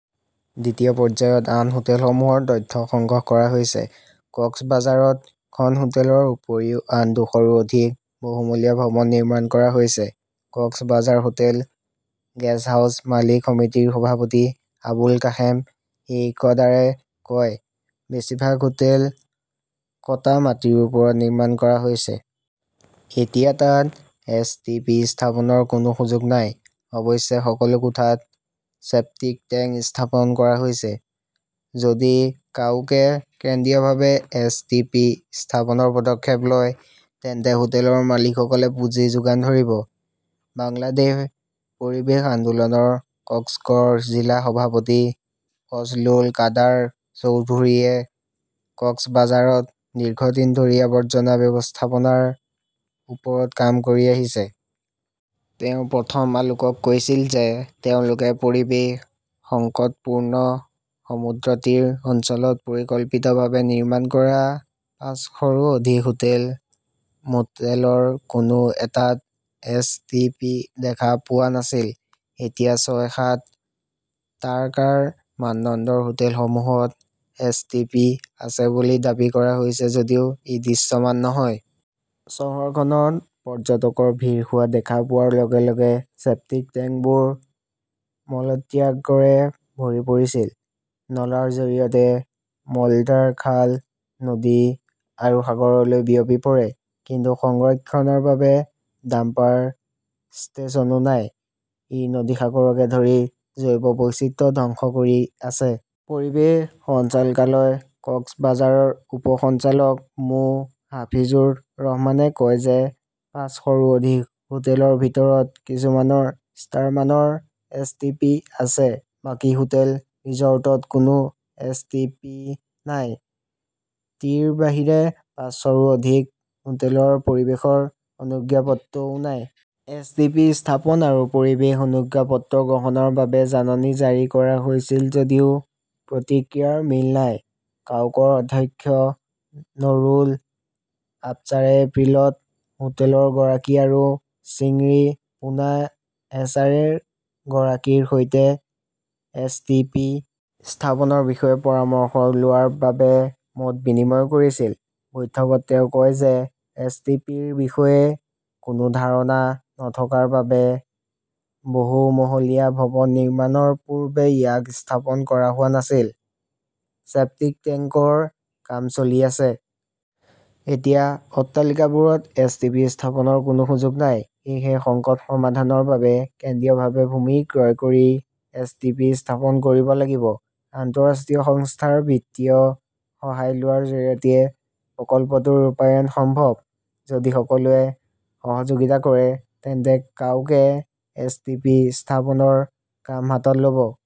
দ্বিতীয় পৰ্যায়ত আন হোটেলসমূহৰ তথ্য সংগ্ৰহ কৰা হৈছে। কক্সবাজাৰত খন হোটেলৰ উপৰিও আৰু দুশৰো অধিক বহুমহলীয়া ভৱন নিৰ্মাণ কৰা হৈছে, কক্সবাজাৰ হোটেল, গেষ্টহাউছ মালিক সমিতিৰ সভাপতি আবুল কাশেম সিকদাৰে কয়। বেছিভাগ হোটেল কটা মাটিৰ ওপৰত নিৰ্মাণ কৰা হৈছে। এতিয়া তাত এছ. টি. পি. স্থাপনৰ কোনো সুযোগ নাই। অৱশ্যে, সকলো কোঠাত চেপ্টিক টেংক স্থাপন কৰা হৈছে। যদি কাউকে কেন্দ্ৰীয়ভাৱে এছ. টি. পি. স্থাপনৰ পদক্ষেপ লয়, তেন্তে হোটেলৰ মালিকসকলে পুঁজি যোগান ধৰিব। বাংলাদেশ পৰিৱেশ আন্দোলনৰ কক্সগড় জিলা সভাপতি ফজলুল কাদাৰ চৌধুৰীয়ে কক্সবাজাৰত দীৰ্ঘদিন ধৰি আৱৰ্জনা ব্যৱস্থাপনাৰ ওপৰত কাম কৰি আহিছে। তেওঁ প্ৰথম আলোকক কৈছিল যে, তেওঁলোকে পৰিৱেশ সংকটপূৰ্ণ সমুদ্ৰতীৰ অঞ্চলত পৰিকল্পিতভাৱে নিৰ্মাণ কৰা পাঁচশৰো অধিক হোটেল, ম'টেলৰ কোনো এটাত এছ. টি. পি. দেখা পোৱা নাছিল। এতিয়া ছয়-সাত তাৰকাৰ মানদণ্ডৰ হোটেলসমূহত এছ. টি. পি. আছে বুলি দাবী কৰা হৈছে যদিও ই দৃশ্যমান নহয়। চহৰখনৰ পৰ্যটকৰ ভিৰ হোৱা দেখা পোৱাৰ লগে লগে চেপ্টিক টেংকবোৰ মলত্যাগৰে ভৰি পৰিছিল। নলাৰ জৰিয়তে মলদ্বাৰ খাল, নদী আৰু সাগৰলৈ বিয়পি পৰে। কিন্তু সংৰক্ষণৰ বাবে ডাম্পাৰ ষ্টেচনো নাই। ই নদী-সাগৰকে ধৰি জৈৱ বৈচিত্ৰ্য ধ্বংস কৰি আছে। পৰিৱেশ সঞ্চালকালয় কক্সবাজাৰৰ উপ সঞ্চালক মো. হাফিজুৰ ৰহমানে কয় যে পাঁচশৰো অধিক হোটেলৰ ভিতৰত কিছুমানৰ ষ্টাৰ মানৰ এছ. টি. পি. আছে। বাকী হোটেল-ৰিজৰ্টত কোনো এছ. টি. পি. নাই। টিৰ বাহিৰে পাঁচশৰো অধিক হোটেলৰ পৰিৱেশৰ অনুজ্ঞাপত্ৰও নাই। এছ. টি. পি. স্থাপন আৰু পৰিৱেশ অনুজ্ঞাপত্ৰ গ্ৰহণৰ বাবে জাননী জাৰি কৰা হৈছিল যদিও প্ৰতিক্ৰিয়াৰ মিল নাই। কাউকৰ অধ্যক্ষ নুৰুল আবছাৰে এপ্ৰিলত হোটেলৰ গৰাকী আৰু চিংৰি পোনা হেচাৰীৰ গৰাকীৰ সৈতে এছ. টি. পি. স্থাপনৰ বিষয়ে পৰামৰ্শ লোৱাৰ বাবে মত বিনিময় কৰিছিল। বৈঠকত তেওঁ কয় যে, এছ. টি. পি. ৰ বিষয়ে কোনো ধাৰণা নথকাৰ বাবে বহুমহলীয়া ভৱন নিৰ্মাণৰ পূৰ্বে ইয়াক স্থাপন কৰা হোৱা নাছিল। ছেপ্টিক টেংকৰ কাম চলি আছে। এতিয়া অট্টালিকাবোৰত এছ. টি. পি. স্থাপনৰ কোনো সুযোগ নাই। সেয়েহে, সংকট সমাধানৰ বাবে কেন্দ্ৰীয়ভাৱে ভূমি ক্ৰয় কৰি এছ. টি. পি. স্থাপন কৰিব লাগিব। আন্তঃৰাষ্ট্ৰীয় সংস্থাৰ বিত্তীয় সহায় লোৱাৰ জৰিয়তে প্ৰকল্পটোৰ ৰূপায়ণ সম্ভৱ। যদি সকলোৱে সহযোগিতা কৰে, তেন্তে কাউকে এছ. টি. পি. স্থাপনৰ কাম হাতত ল'ব।